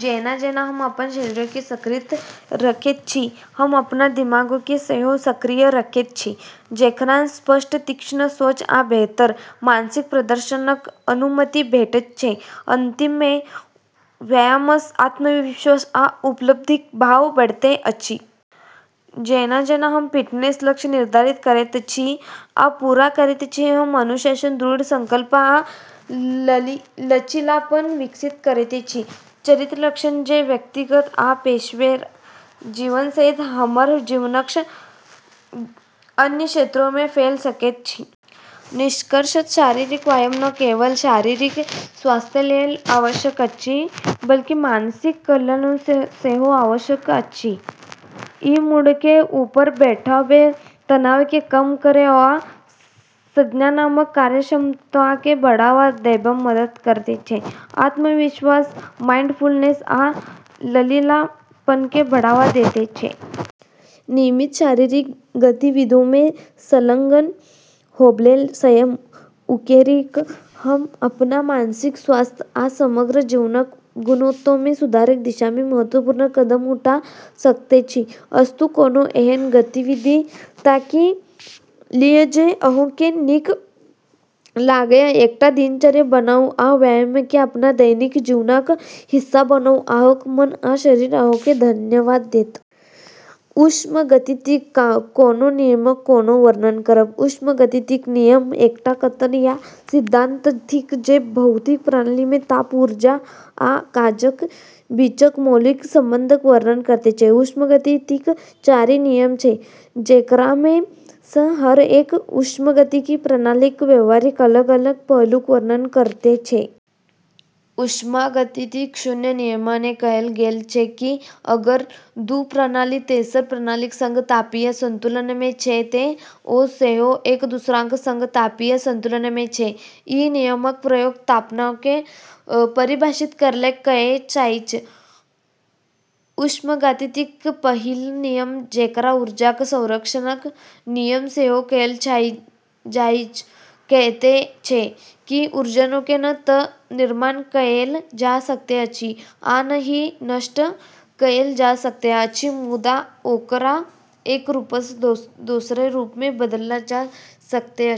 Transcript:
जेना-जेना हम अपन शरीरकेँ सक्रिय रखैत छी, हम अपन दिमागकेँ सेहो सक्रिय रखैत छी, जेकरासँ स्पष्ट, तीक्ष्ण सोच आ बेहतर मानसिक प्रदर्शनक अनुमति भेटैत छै। अंतमे व्यायामसँ आत्मविश्वास आ उपलब्धिक भाव बढ़ैत अछि। जेना-जेना हम फिटनेस लक्ष्य निर्धारित करैत छी आ पूरा करैत छी, हम अनुशासन, दृढ़ संकल्प आ लचीलापन विकसित करैत छी-चरित्र लक्षण जे व्यक्तिगत आ पेशेवर जीवन सहित हमर जीवनक अन्य क्षेत्रमे फैल सकैत अछि। निष्कर्षतः शारीरिक व्यायाम न केवल शारीरिक स्वास्थ्यलेल आवश्यक अछि, बल्कि मानसिक कल्याणलेल सेहो आवश्यक अछि। ई मूडकेँ ऊपर उठाबै, तनावकेँ कम करै, आ संज्ञानात्मक कार्यक्षमताकेँ बढ़ावा देबैमे मदद करैत छै, आ आत्मविश्वास, माइंडफुलनेस आ लचीलापनकेँ बढ़ावा दैत छै। नियमित शारीरिक गतिविधिमे संलग्न होबैलेल समय उकेरि कऽ हम अपन मानसिक स्वास्थ्य आ समग्र जीवनक गुणवत्तामे सुधारक दिशामे महत्वपूर्ण कदम उठा सकैत छी। अस्तु, कोनो एहन गतिविधि ताकि लिअ जे अहाँकेँ नीक लागय, एकटा दिनचर्या बनाउ, आ व्यायामकेँ अपन दैनिक जीवनक हिस्सा बनाउ - अहाँक मन आ शरीर अहाँकेँ धन्यवाद देत! ऊष्मागतिकीक कोनो नियमक कोना वर्णन करब? ऊष्मागतिकीक नियम एकटा कथन या सिद्धांत थिक जे भौतिक प्रणालीमे ताप, ऊर्जा आ काजक बीचक मौलिक संबंधक वर्णन करैत छै। ऊष्मागतिकीक चारि नियम छै, जेकरामे सँ हर एक ऊष्मागतिकी प्रणालीक व्यवहारक अलग-अलग पहलूक वर्णन करैत छै। ऊष्मागतिकीक शून्य नियममे कहल गेल छै कि अगर दू प्रणाली तेसर प्रणालीक संग तापीय संतुलनमे छै तँ ओ सेहो एक-दूसराक संग तापीय संतुलनमे छै। ई नियमक प्रयोग तापमानकेँ परिभाषित करैलेल कएल जाइछ। ऊष्मागतिकीक पहिल नियम, जेकरा ऊर्जाक संरक्षणक नियम सेहो कहल जाइछ, कहैत छै कि ऊर्जाकेँ न तँ निर्माण कएल जा सकैत अछि आ न ही नष्ट कएल जा सकैत अछि, मुदा ओकरा एक रूपसँ दोसर रूपमे बदलल जा सकैत अछि।